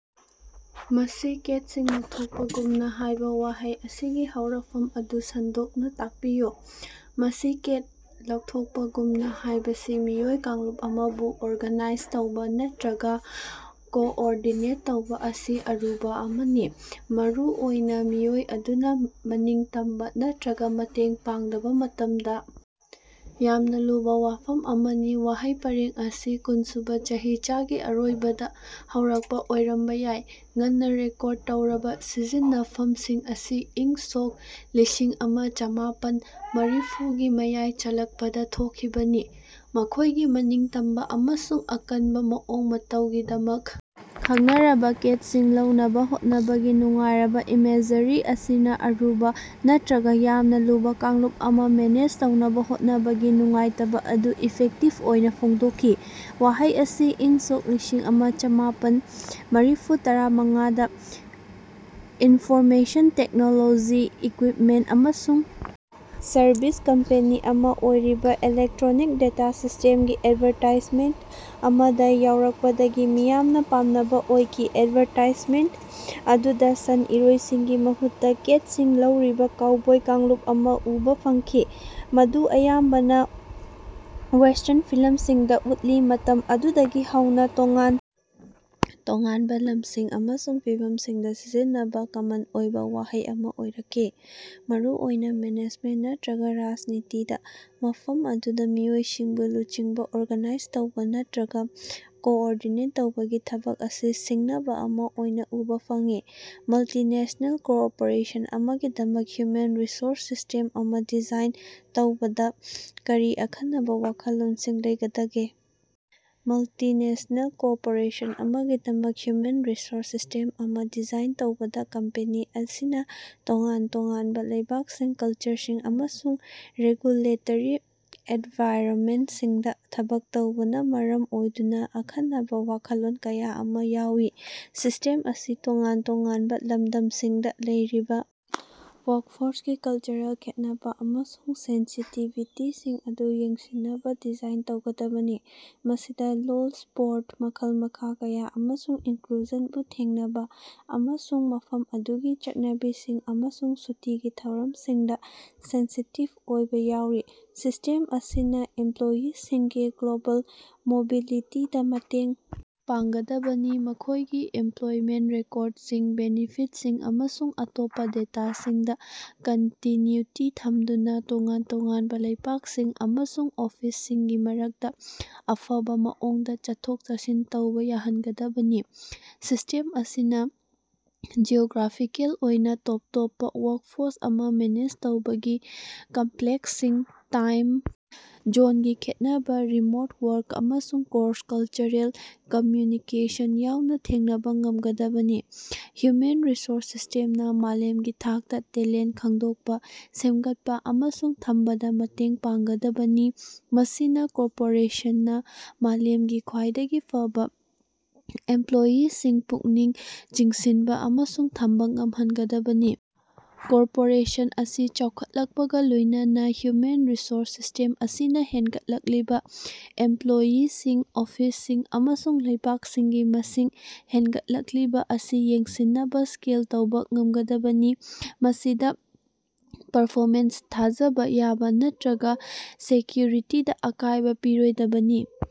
ꯃꯁꯤ ꯀꯦꯠꯁꯤꯡ ꯂꯧꯊꯣꯛꯄꯒꯨꯝꯅꯥ ꯍꯥꯏꯕꯥ ꯋꯥꯍꯩ ꯑꯁꯤꯒꯤ ꯍꯧꯔꯛꯐꯝ ꯑꯗꯨ ꯁꯟꯗꯣꯛꯅꯥ ꯇꯥꯛꯄꯤꯌꯨ꯫ ꯃꯁꯤ ꯀꯦꯠ ꯂꯧꯊꯣꯛꯄꯒꯨꯝꯅꯥ ꯍꯥꯏꯕꯁꯤ ꯃꯤꯑꯣꯏ ꯀꯥꯡꯂꯨꯞ ꯑꯃꯕꯨ ꯑꯣꯔꯒꯥꯅꯥꯏꯖ ꯇꯧꯕꯥ ꯅꯠꯇ꯭ꯔꯒꯥ ꯀꯣꯑꯣꯔꯗꯤꯅꯦꯠ ꯇꯧꯕꯥ ꯑꯁꯤ ꯑꯔꯨꯕꯥ ꯑꯃꯅꯤ, ꯃꯔꯨꯑꯣꯏꯅꯥ ꯃꯤꯑꯣꯏ ꯑꯗꯨꯅꯥ ꯃꯅꯤꯡꯇꯝꯕꯥ ꯅꯠꯇ꯭ꯔꯒꯥ ꯃꯇꯦꯡ ꯄꯥꯡꯗꯕꯥ ꯃꯇꯝꯗꯥ ꯌꯥꯝꯅꯥ ꯂꯨꯕꯥ ꯋꯥꯐꯝ ꯑꯃꯅꯤ꯫ ꯋꯥꯍꯩ ꯄꯔꯦꯡ ꯑꯁꯤ ꯀꯨꯟꯁꯨꯕꯥ ꯆꯍꯤꯆꯥꯒꯤ ꯑꯔꯣꯏꯕꯗꯥ ꯍꯧꯔꯛꯄꯥ ꯑꯣꯏꯔꯝꯕꯥ ꯌꯥꯏ, ꯉꯟꯅꯥ ꯔꯦꯀꯣꯔꯗ ꯇꯧꯔꯕꯥ ꯁꯤꯖꯤꯟꯅꯐꯝꯁꯤꯡ ꯑꯁꯤ ꯏꯪ ꯁꯣꯛ ꯂꯤꯁꯤꯡ ꯑꯃꯥ ꯆꯥꯝꯃꯥꯄꯟ ꯃꯔꯤꯐꯨꯒꯤ ꯃꯌꯥꯏ ꯆꯜꯂꯛꯄꯗꯥ ꯊꯣꯛꯈꯤꯕꯅꯤ꯫ ꯃꯈꯣꯏꯒꯤ ꯃꯅꯤꯡꯇꯝꯕꯥ ꯑꯃꯁꯨꯡ ꯑꯀꯟꯕꯥ ꯃꯑꯣꯡ ꯃꯇꯧꯒꯤꯗꯃꯛ ꯈꯪꯅꯔꯕꯥ ꯀꯦꯠꯁꯤꯡ ꯂꯧꯅꯕꯥ ꯍꯣꯠꯅꯕꯒꯤ ꯅꯨꯡꯉꯥꯏꯔꯕꯥ ꯏꯃꯦꯖꯔꯤ ꯑꯁꯤꯅꯥ ꯑꯔꯨꯕꯥ ꯅꯠꯇ꯭ꯔꯒꯥ ꯌꯥꯝꯅꯥ ꯂꯨꯕꯥ ꯀꯥꯡꯂꯨꯞ ꯑꯃꯥ ꯃꯦꯅꯦꯖ ꯇꯧꯅꯕꯥ ꯍꯣꯠꯅꯕꯒꯤ ꯅꯨꯡꯉꯥꯏꯇꯕꯥ ꯑꯗꯨ ꯏꯐꯦꯛꯇꯤꯞ ꯑꯣꯏꯅꯥ ꯐꯣꯡꯗꯣꯛꯈꯤ꯫ ꯋꯥꯍꯩ ꯑꯁꯤ ꯏꯪ ꯁꯣꯛ ꯂꯤꯁꯤꯡ ꯑꯃꯥ ꯆꯥꯝꯃꯥꯄꯟ ꯃꯔꯤꯐꯨꯇꯔꯥꯃꯉꯥꯗꯥ ꯏꯟꯐꯣꯔꯃꯦꯁꯟ ꯇꯦꯛꯅꯣꯂꯣꯖꯤ ꯏꯀ꯭ꯋꯤꯞꯃꯦꯟ ꯑꯃꯁꯨꯡ ꯁꯔꯕꯤꯁ ꯀꯝꯄꯦꯅꯤ ꯑꯃꯥ ꯑꯣꯏꯔꯤꯕꯥ ꯏꯂꯦꯛꯇ꯭ꯔꯣꯅꯤꯛ ꯗꯦꯇꯥ ꯁꯤꯁ꯭ꯇꯦꯝꯁꯒꯤ ꯑꯦꯠꯚꯥꯔꯇꯥꯏꯖꯃꯦꯟꯇ ꯑꯃꯗꯥ ꯌꯥꯎꯔꯛꯄꯗꯒꯤ ꯃꯤꯌꯥꯝꯅꯥ ꯄꯥꯝꯅꯕꯥ ꯑꯣꯏꯈꯤ꯫ ꯑꯦꯠꯚꯥꯔꯇꯥꯏꯖꯃꯦꯟꯇ ꯑꯗꯨꯗꯥ ꯁꯟ-ꯏꯔꯣꯏꯁꯤꯡꯒꯤ ꯃꯍꯨꯠꯇꯥ ꯀꯦꯠꯁꯤꯡ ꯂꯧꯔꯤꯕꯥ ꯀꯥꯎꯕꯣꯏ ꯀꯥꯡꯂꯨꯞ ꯑꯃꯥ ꯎꯕꯥ ꯐꯪꯈꯤ, ꯃꯗꯨ ꯑꯌꯥꯝꯕꯅꯥ ꯋꯦꯁꯇ꯭ꯔꯟ ꯐꯤꯂꯝꯁꯤꯡꯗꯥ ꯎꯠꯂꯤ꯫ ꯃꯇꯝ ꯑꯗꯨꯗꯒꯤ ꯍꯧꯅꯥ ꯇꯣꯉꯥꯟ ꯇꯣꯉꯥꯟꯕꯥ ꯂꯝꯁꯤꯡ ꯑꯃꯁꯨꯡ ꯐꯤꯚꯝꯁꯤꯡꯗꯥ ꯁꯤꯖꯤꯟꯅꯕꯥ ꯀꯃꯟ ꯑꯣꯏꯕꯥ ꯋꯥꯍꯩ ꯑꯃꯥ ꯑꯣꯏꯔꯛꯈꯤ, ꯃꯔꯨꯑꯣꯏꯅꯥ ꯃꯦꯅꯦꯖꯃꯦꯟ ꯅꯠꯇ꯭ꯔꯒꯥ ꯔꯥꯖꯅꯤꯇꯤꯗꯥ, ꯃꯐꯝ ꯑꯗꯨꯗꯥ ꯃꯤꯑꯣꯏꯁꯤꯡꯕꯨ ꯂꯨꯆꯤꯡꯕꯥ, ꯑꯣꯔꯒꯅꯥꯏꯖ ꯇꯧꯕꯥ ꯅꯠꯇ꯭ꯔꯒꯥ ꯀꯣꯑꯣꯔꯗꯤꯅꯦꯠ ꯇꯧꯕꯒꯤ ꯊꯕꯛ ꯑꯁꯤ ꯁꯤꯡꯅꯕꯥ ꯑꯃꯥ ꯑꯣꯏꯅꯥ ꯎꯕꯥ ꯐꯪꯏ꯫ ꯃꯜꯇꯤꯅꯦꯁꯅꯦꯜ ꯀꯣꯔꯄꯣꯔꯦꯁꯟ ꯑꯃꯒꯤꯗꯃꯛ ꯍ꯭ꯌꯨꯃꯦꯟ ꯔꯤꯁꯣꯔꯁ ꯁꯤꯁꯇꯦꯝ ꯑꯃꯥ ꯗꯤꯖꯥꯏꯟ ꯇꯧꯕꯗꯥ ꯀꯔꯤ ꯑꯈꯟꯅꯕꯥ ꯋꯥꯈꯜꯂꯣꯟꯁꯤꯡ ꯂꯩꯒꯗꯒꯦ? ꯃꯜꯇꯤꯅꯦꯁꯅꯦꯜ ꯀꯣꯔꯄꯣꯔꯦꯁꯟ ꯑꯃꯒꯤꯗꯃꯛ ꯍ꯭ꯌꯨꯃꯦꯟ ꯔꯤꯁꯣꯔꯁ ꯁꯤꯁ꯭ꯇꯦꯝ ꯑꯃꯥ ꯗꯤꯖꯥꯏꯟ ꯇꯧꯕꯗꯥ ꯀꯝꯄꯦꯅꯤ ꯑꯁꯤꯅꯥ ꯇꯣꯉꯥꯟ ꯇꯣꯉꯥꯟꯕꯥ ꯂꯩꯕꯥꯛꯁꯤꯡ, ꯀꯜꯆꯔꯁꯤꯡ ꯑꯃꯁꯨꯡ ꯔꯦꯒꯨꯂꯦꯇꯔꯤ ꯑꯦꯟꯚꯥꯏꯔꯟꯃꯦꯟꯁꯤꯡꯗꯥ ꯊꯕꯛ ꯇꯧꯕꯅꯥ ꯃꯔꯝ ꯑꯣꯏꯗꯨꯅꯥ ꯑꯈꯟꯅꯕꯥ ꯋꯥꯈꯜꯂꯣꯟ ꯀꯌꯥ ꯑꯃꯥ ꯌꯥꯎꯏ꯫ ꯁꯤꯁꯇꯦꯝ ꯑꯁꯤ ꯇꯣꯉꯥꯟ ꯇꯣꯉꯥꯟꯕꯥ ꯂꯝꯗꯝꯁꯤꯡꯗꯥ ꯂꯩꯔꯤꯕꯥ ꯋꯥꯛꯐꯣꯔꯁꯀꯤ ꯀꯜꯆꯔꯦꯜ ꯈꯦꯠꯅꯕꯥ ꯑꯃꯁꯨꯡ ꯁꯦꯟꯁꯤꯇꯤꯕꯤꯇꯤꯁꯤꯡ ꯑꯗꯨ ꯌꯦꯡꯁꯤꯟꯅꯕꯥ ꯗꯤꯖꯥꯏꯟ ꯇꯧꯒꯗꯕꯅꯤ꯫ ꯃꯁꯤꯗꯥ ꯂꯣꯜ, ꯁꯄꯣꯔꯠ, ꯃꯈꯜ-ꯃꯈꯥ ꯀꯌꯥ ꯑꯃꯁꯨꯡ ꯏꯟꯀ꯭ꯂꯨꯖꯟꯕꯨ ꯊꯦꯡꯅꯕꯥ ꯑꯃꯁꯨꯡ ꯃꯐꯝ ꯑꯗꯨꯒꯤ ꯆꯠꯅꯕꯤꯁꯤꯡ ꯑꯃꯁꯨꯡ ꯁꯨꯇꯤꯒꯤ ꯊꯧꯔꯝꯁꯤꯡꯗꯥ ꯁꯦꯟꯁꯤꯇꯤꯞ ꯑꯣꯏꯕꯥ ꯌꯥꯎꯔꯤ꯫ ꯁꯤꯁꯇꯦꯝ ꯑꯁꯤꯅꯥ ꯏꯃꯄ꯭ꯂꯣꯌꯤꯁꯤꯡꯒꯤ ꯒ꯭ꯂꯣꯕꯦꯜ ꯃꯣꯕꯤꯂꯤꯇꯤꯗꯥ ꯃꯇꯦꯡ ꯄꯥꯡꯒꯗꯕꯅꯤ, ꯃꯈꯣꯏꯒꯤ ꯏꯝꯄ꯭ꯂꯣꯏꯃꯦꯟ ꯔꯦꯀꯣꯠꯁꯤꯡ, ꯕꯦꯅꯤꯐꯤꯠꯁꯤꯡ ꯑꯃꯁꯨꯡ ꯑꯇꯣꯞꯄꯥ ꯗꯦꯇꯥꯁꯤꯡꯗꯥ ꯀꯟꯇꯤꯅ꯭ꯌꯨꯇꯤ ꯊꯝꯗꯨꯅꯥ ꯇꯣꯉꯥꯟ ꯇꯣꯉꯥꯟꯕꯥ ꯂꯩꯕꯥꯛꯁꯤꯡ ꯑꯃꯁꯨꯡ ꯑꯣꯐꯤꯁꯁꯤꯡꯒꯤ ꯃꯔꯛꯇꯥ ꯑꯐꯕꯥ ꯃꯑꯣꯡꯗꯥ ꯆꯠꯊꯣꯛ-ꯆꯠꯁꯤꯟ ꯇꯧꯕꯥ ꯌꯥꯍꯟꯒꯗꯕꯅꯤ꯫ ꯁꯤꯁꯇꯦꯝ ꯑꯁꯤꯅꯥ ꯖꯤꯑꯣꯒ꯭ꯔꯥꯐꯤꯀꯦꯜ ꯑꯣꯏꯅꯥ ꯇꯣꯞ ꯇꯣꯞꯄꯥ ꯋꯥꯛꯐꯣꯔꯁ ꯑꯃꯥ ꯃꯦꯅꯦꯖ ꯇꯧꯕꯒꯤ ꯀꯝꯄ꯭ꯂꯦꯛꯁꯁꯤꯡ, ꯇꯥꯏꯝ ꯖꯣꯟꯒꯤ ꯈꯦꯠꯅꯕꯥ, ꯔꯤꯃꯣꯠ ꯋꯥꯔꯛ ꯑꯃꯁꯨꯡ ꯀ꯭ꯔꯣꯁ-ꯀꯜꯆꯔꯦꯜ ꯀꯝꯃ꯭ꯌꯨꯅꯤꯀꯦꯁꯟ ꯌꯥꯎꯅꯥ ꯊꯦꯡꯅꯕꯥ ꯉꯝꯒꯗꯕꯅꯤ꯫ ꯍ꯭ꯌꯨꯃꯦꯟ ꯔꯤꯁꯣꯔꯁ ꯁꯤꯁꯇꯦꯝꯅꯥ ꯃꯥꯂꯦꯝꯒꯤ ꯊꯥꯛꯇꯥ ꯇꯦꯂꯦꯟ ꯈꯪꯗꯣꯛꯄꯥ, ꯁꯦꯝꯒꯠꯄꯥ ꯑꯃꯁꯨꯡ ꯊꯝꯕꯗꯥ ꯃꯇꯦꯡ ꯄꯥꯡꯒꯗꯕꯅꯤ, ꯃꯁꯤꯅꯥ ꯀꯣꯔꯄꯣꯔꯦꯁꯟꯅꯥ ꯃꯥꯂꯦꯝꯒꯤ ꯈ꯭ꯋꯥꯏꯗꯒꯤ ꯐꯕꯥ ꯑꯦꯝꯄ꯭ꯂꯣꯏꯁꯤꯡ ꯄꯨꯛꯅꯤꯡ ꯆꯤꯡꯁꯤꯟꯕꯥ ꯑꯃꯁꯨꯡ ꯊꯝꯕꯥ ꯉꯝꯍꯟꯒꯗꯕꯅꯤ꯫ ꯀꯣꯔꯄꯣꯔꯦꯁꯟ ꯑꯁꯤ ꯆꯥꯎꯈꯠꯂꯛꯄꯒꯥ ꯂꯣꯏꯅꯅꯥ, ꯍ꯭ꯌꯨꯃꯦꯟ ꯔꯤꯁꯣꯔꯁ ꯁꯤꯁ꯭ꯇꯦꯝ ꯑꯁꯤꯅꯥ ꯍꯦꯟꯒꯠꯂꯛꯂꯤꯕꯥ ꯑꯦꯝꯄ꯭ꯂꯣꯌꯤꯁꯤꯡ, ꯑꯣꯐꯤꯁꯁꯤꯡ ꯑꯃꯁꯨꯡ ꯂꯩꯕꯥꯛꯁꯤꯡꯒꯤ ꯃꯁꯤꯡ ꯍꯦꯟꯒꯠꯂꯛꯂꯤꯕꯥ ꯑꯁꯤ ꯌꯦꯡꯁꯤꯟꯅꯕꯥ ꯁ꯭ꯀꯦꯜ ꯇꯧꯕꯥ ꯉꯝꯒꯗꯕꯅꯤ, ꯃꯁꯤꯗꯥ ꯄꯔꯐꯣꯃꯦꯟꯁ, ꯊꯥꯖꯕꯥ ꯌꯥꯕꯥ ꯅꯠꯇ꯭ꯔꯒꯥ ꯁꯦꯀ꯭ꯌꯨꯔꯤꯇꯤꯗꯥ ꯑꯀꯥꯏꯕꯥ ꯄꯤꯔꯣꯏꯗꯕꯅꯤ꯫